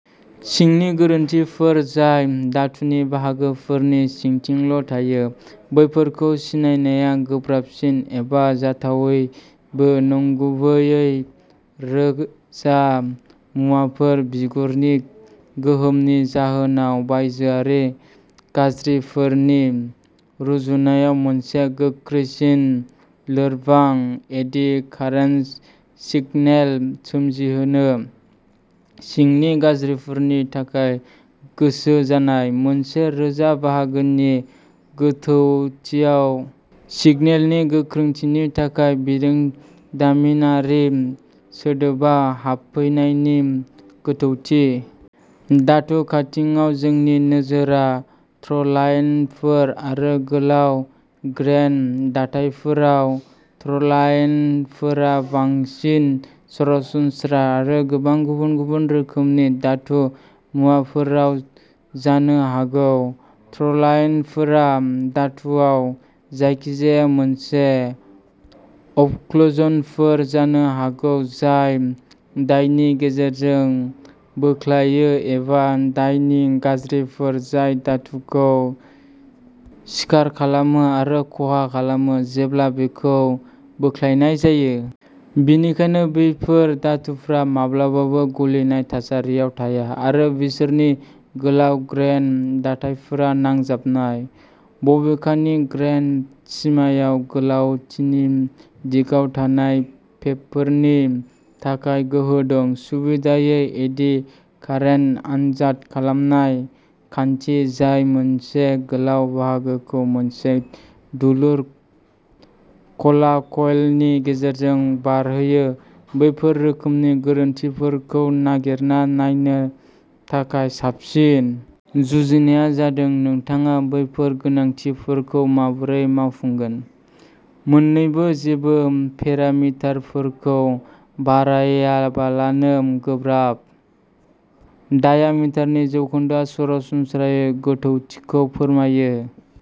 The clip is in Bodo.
सिंनि गोरोन्थिफोर जाय धातुनि बाहागोफोरनि सिंथिंल' थायो, बेफोरखौ सिनायनाया गोब्राबसिन एबा जाथावैबो, गुबैयै रोजा मुवाफोर, बिगुरनि गोहोमनि जाहोनाव-बायजोआरि गाज्रिफोरनि रुजुनायाव मोनसे गोख्रैसिन लोरबां एडि कारेन्टस सिगनेल सोमजिहोनो सिंनि गाज्रिफोरनि थाखाय गोसो जानाय। मोनसे रोजा बाहागोनि गोथौथियाव सिगनेलनि गोख्रोंथिनि थाखाय बिरोंदामिनारि सोदोबा हाबफैनायनि गोथौथि। धातु काटिंआव, जोंनि नोजोरआ थ्र'लाइनफोर आरो गोलाव ग्रेइन दाथायफोराव। थ्र'लाइनफोरा बांसिन सरासनस्रा आरो गोबां गुबुन-गुबुन रोखोमनि धातु मुवाफोराव जानो हागौ। थ्र'लाइनफोरा धातुआव जायखिजाया मोनसे अबक्लुजनफोर जानो हागौ जाय डाइनि गेजेरजों बोख्लायो एबा डाइनि गाज्रिफोर जाय धातुखौ स्कार खालामो आरो खहा खालामो जेब्ला बेखौ बोख्लायनाय जायो। बेनिखायनो, बेफोर धातुफोरा माब्लाबाबो गलिनाय थासारियाव थाया, आरो बिसोरनि गोलाव ग्रेइन दाथायफोरा नांजाबनाय। बबेखानि, ग्रेइन सिमायाव गोलावथिंनि दिगाव थानाय गेपफोरनि थाखाय गोहो दं। सुबिदायै, एडि कारेन्ट आनजाद खालामनाय खान्थि, जाय मोनसे गोलाव बाहागोखौ मोनसे दुलुर, ख'ला क'इलनि गेजेरजों बारहोयो, बेफोर रोखोमनि गोरोन्थिफोरखौ नागिरना नायनो थाखाय साबसिन। जुजिनाया जादों नोंथाङा बैफोर गोनांथिफोरखौ माबोरै मावफुंगोन? मोननैबो जेबो पेरामिटारफोरखौ बरनायालाबानो गोब्राब। डायामिटारनि जौखोन्दोआ सरासनस्रायै गोथौथिखौ फोरमायो।